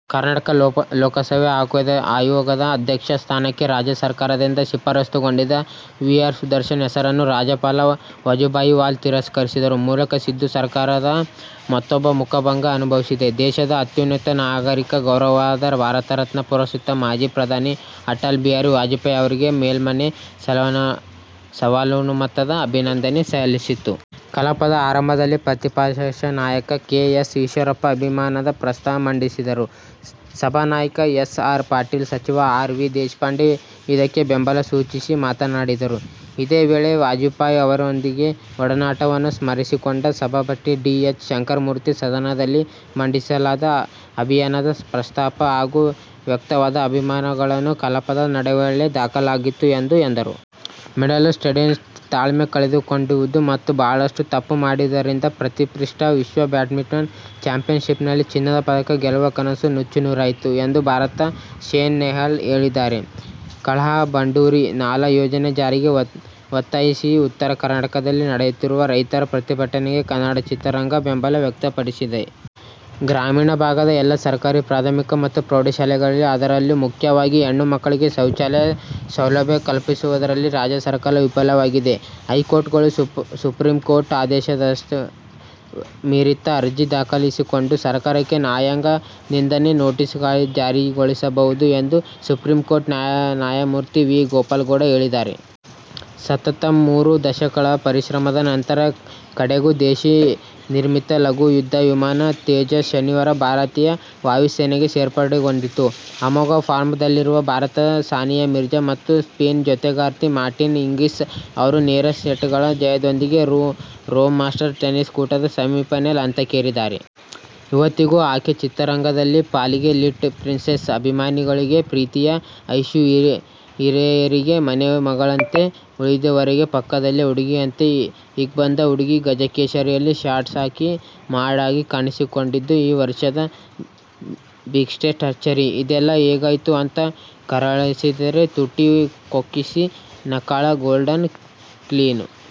ಕರ್ನಾಟಕ ಲೋಕಸೇವಾ ಆಯೋಗದ ಅಧ್ಯಕ್ಷ ಸ್ಥಾನಕ್ಕೆ ರಾಜ್ಯ ಸರ್ಕಾರದಿಂದ ಶಿಫಾರಸ್ಸುಗೊಂಡಿದ್ದ ವಿ. ಆರ್ ಸುದರ್ಶನ್ ಹೆಸರನ್ನು ರಾಜ್ಯಪಾಲ ವಜುಭಾಯಿ ವಾಲಾ ತಿರಸ್ಕರಿಸುವ ಮೂಲಕ ಸಿದ್ದು ಸರ್ಕಾರವು ಮತ್ತೊಮ್ಮೆ ಮುಖಭಂಗ ಅನುಭವಿಸಿದೆ. ದೇಶದ ಅತ್ಯುನ್ನತ ನಾಗರಿಕ ಗೌರವವಾದ ಭಾರತರತ್ನ ಪುರಸ್ಕೃತ ಮಾಜಿ ಪ್ರಧಾನಿ ಅಟಲ್ ಬಿಹಾರಿ ವಾಜಪೇಯಿ ಅವರಿಗೆ ಮೇಲ್ಮನೆ ಸರ್ವಾನುಮತದ ಅಭಿನಂದನೆ ಸಲ್ಲಿಸಿತು. ಕಲಾಪದ ಆರಂಭದಲ್ಲಿ ಪ್ರತಿಪಕ್ಷ ನಾಯಕ ಕೆ. ಎಸ್. ಈಶ್ವರಪ್ಪ ಅಭಿನಂದನಾ ಪ್ರಸ್ತಾಪ ಮಂಡಿಸಿದರು. ಸಭಾನಾಯಕ ಎಸ್. ಆರ್. ಪಾಟೀಲ್, ಸಚಿವ ಆರ್. ವಿ. ದೇಶಪಾಂಡೆ ಇದಕ್ಕೆ ಬೆಂಬಲ ಸೂಚಿಸಿ ಮಾತನಾಡಿದರು. ಇದೇ ವೇಳೆ ವಾಜಪೇಯಿ ಅವರೊಂದಿಗಿನ ಒಡನಾಟವನ್ನು ಸ್ಮರಿಸಿಕೊಂಡ ಸಭಾಪತಿ ಡಿ. ಎಚ್. ಶಂಕರಮೂರ್ತಿ, ಸದನದಲ್ಲಿ ಮಂಡಿಸಲಾದ ಅಭಿನಂದನಾ ಪ್ರಸ್ತಾಪ ಹಾಗೂ ವ್ಯಕ್ತವಾದ ಅಭಿಪ್ರಾಯಗಳನ್ನು ಕಲಾಪದ ನಡಾವಳಿಯಲ್ಲಿ ದಾಖಲಿಸಲಾಗುವುದು ಎಂದರು. ಮೊದಲ ಸೆಟ್ನಲ್ಲಿ ತಾಳ್ಮೆ ಕಳೆದುಕೊಂಡಿರುವುದು ಮತ್ತು ಬಹಳಷ್ಟು ತಪ್ಪು ಮಾಡಿದ್ದರಿಂದ ಪ್ರತಿಷ್ಠಿತ ವಿಶ್ವ ಬ್ಯಾಡ್ಮಿಂಟನ್ ಚಾಂಪಿಯನ್ಶಿಪ್ನಲ್ಲಿ ಚಿನ್ನದ ಪದಕ ಗೆಲ್ಲುವ ಕನಸು ನುಚ್ಚುನೂರಾಯಿತು ಎಂದು ಭಾರತದ ಸೈನಾ ನೆಹ್ವಾಲ್ ಹೇಳಿದ್ದಾರೆ. ಕಳಸಾ-ಬಂಡೂರಿ ನಾಲಾ ಯೋಜನೆ ಜಾರಿಗೆ ಒತ್ತಾಯಿಸಿ ಉತ್ತರ ಕರ್ನಾಟಕದಲ್ಲಿ ನಡೆಯುತ್ತಿರುವ ರೈತರ ಪ್ರತಿಭಟನೆಗೆ ಕನ್ನಡ ಚಿತ್ರರಂಗ ಬೆಂಬಲ ವ್ಯಕ್ತಪಡಿಸಿದೆ. ಗ್ರಾಮೀಣ ಭಾಗದ ಎಲ್ಲಾ ಸರ್ಕಾರಿ ಪ್ರಾಥಮಿಕ ಮತ್ತು ಪ್ರೌಢ ಶಾಲೆಗಳಲ್ಲಿ, ಅದರಲ್ಲೂ ಮುಖ್ಯವಾಗಿ ಹೆಣ್ಣು ಮಕ್ಕಳಿಗೆ ಶೌಚಾಲಯ ಸೌಲಭ್ಯ ಕಲ್ಪಿಸುವಲ್ಲಿ ರಾಜ್ಯ ಸರ್ಕಾರ ವಿಫಲವಾಗಿದ್ದರೆ ಹೈಕೋರ್ಟ್ಗಳು ಸುಪ್ರೀಂ ಕೋರ್ಟ್ ಆದೇಶದಂತೆಸ್ವಯಂಪ್ರೇರಿತ ಅರ್ಜಿ ದಾಖಲಿಸಿಕೊಂಡು ಸರ್ಕಾರಕ್ಕೆ ನ್ಯಾಯಾಂಗ ನಿಂದನೆ ನೋಟಿಸ್ಜಾರಿಗೊಳಿಸಬಹುದು ಎಂದು ಸುಪ್ರೀಂಕೋರ್ಟ್ ನ್ಯಾಯಮೂರ್ತಿ ವಿ. ಗೋಪಾಲಗೌಡ ಹೇಳಿದ್ದಾರೆ. ಸತತ ಮೂರು ದಶಕಗಳ ಪರಿಶ್ರಮದ ನಂತರ ಕಡೆಗೂ ದೇಶೀ ನಿರ್ಮಿತ ಲಘು ಯುದ್ಧ ವಿಮಾನ "ತೇಜಸ್' ಶನಿವಾರ ಭಾರತೀಯ ವಾಯುಸೇನೆಗೆ ಸೇರ್ಪಡೆಗೊಂಡಿತು. ಅಮೋಘ ಫಾರ್ಮ್ನಲ್ಲಿರುವ ಭಾರತದ ಸಾನಿಯಾ ಮಿರ್ಜಾ ಮತ್ತು ಸ್ವಿಸ್ನ ಜತೆಗಾರ್ತಿ ಮಾರ್ಟಿನಾ ಹಿಂಗಿಸ್ ಅವರು ನೇರ ಸೆಟ್ಗಳ ಜಯದೊಂದಿಗೆ ರೋಮ್ ಮಾಸ್ಟರ್ ಟೆನಿಸ್ ಕೂಟದ ಸೆಮಿಫೈನಲ್ ಹಂತಕ್ಕೇರಿದ್ದಾರೆ. ಇವತ್ತಿಗೂ ಆಕೆ ಚಿತ್ರರಂಗದ ಪಾಲಿಗೆ ಲಿಟ್ಲ ಪ್ರಿನ್ಸೆಸ್. ಅಭಿಮಾನಿಗಳಿಗೆ ಪ್ರೀತಿಯ ಐಸೂ. ಹಿರಿಯರಿಗೆ ಮನೆ ಮಗಳಂತೆ. ಉಳಿದವರಿಗೆ ಪಕ್ಕದ್ಮನೆ ಹುಡ್ಗಿಯಂತೆ. ಹೀಗಿದ್ದ ಹುಡ್ಗಿ "ಗಜಕೇಸರಿ'ಯಲ್ಲಿ ಶಾರ್ಟ್ಸ್ ಹಾಕಿ ಮಾಡ್ ಆಗಿ ಕಾಣಿಸಿದ್ದು ಈ ವರ್ಷದ ಬಿಗ್ಗೆಸ್ಟ್ ಅಚ್ಚರಿ. ಇದೆಲ್ಲಾ ಹೇಗಾಯ್ತು ಅಂತ ಕಣ್ಣರಳಿಸಿದರೆ ತುಟಿ ಕೊಂಕಿಸಿ ನಕ್ಕಳಾ ಗೋಲ್ಡನ್ ಕ್ವೀನು.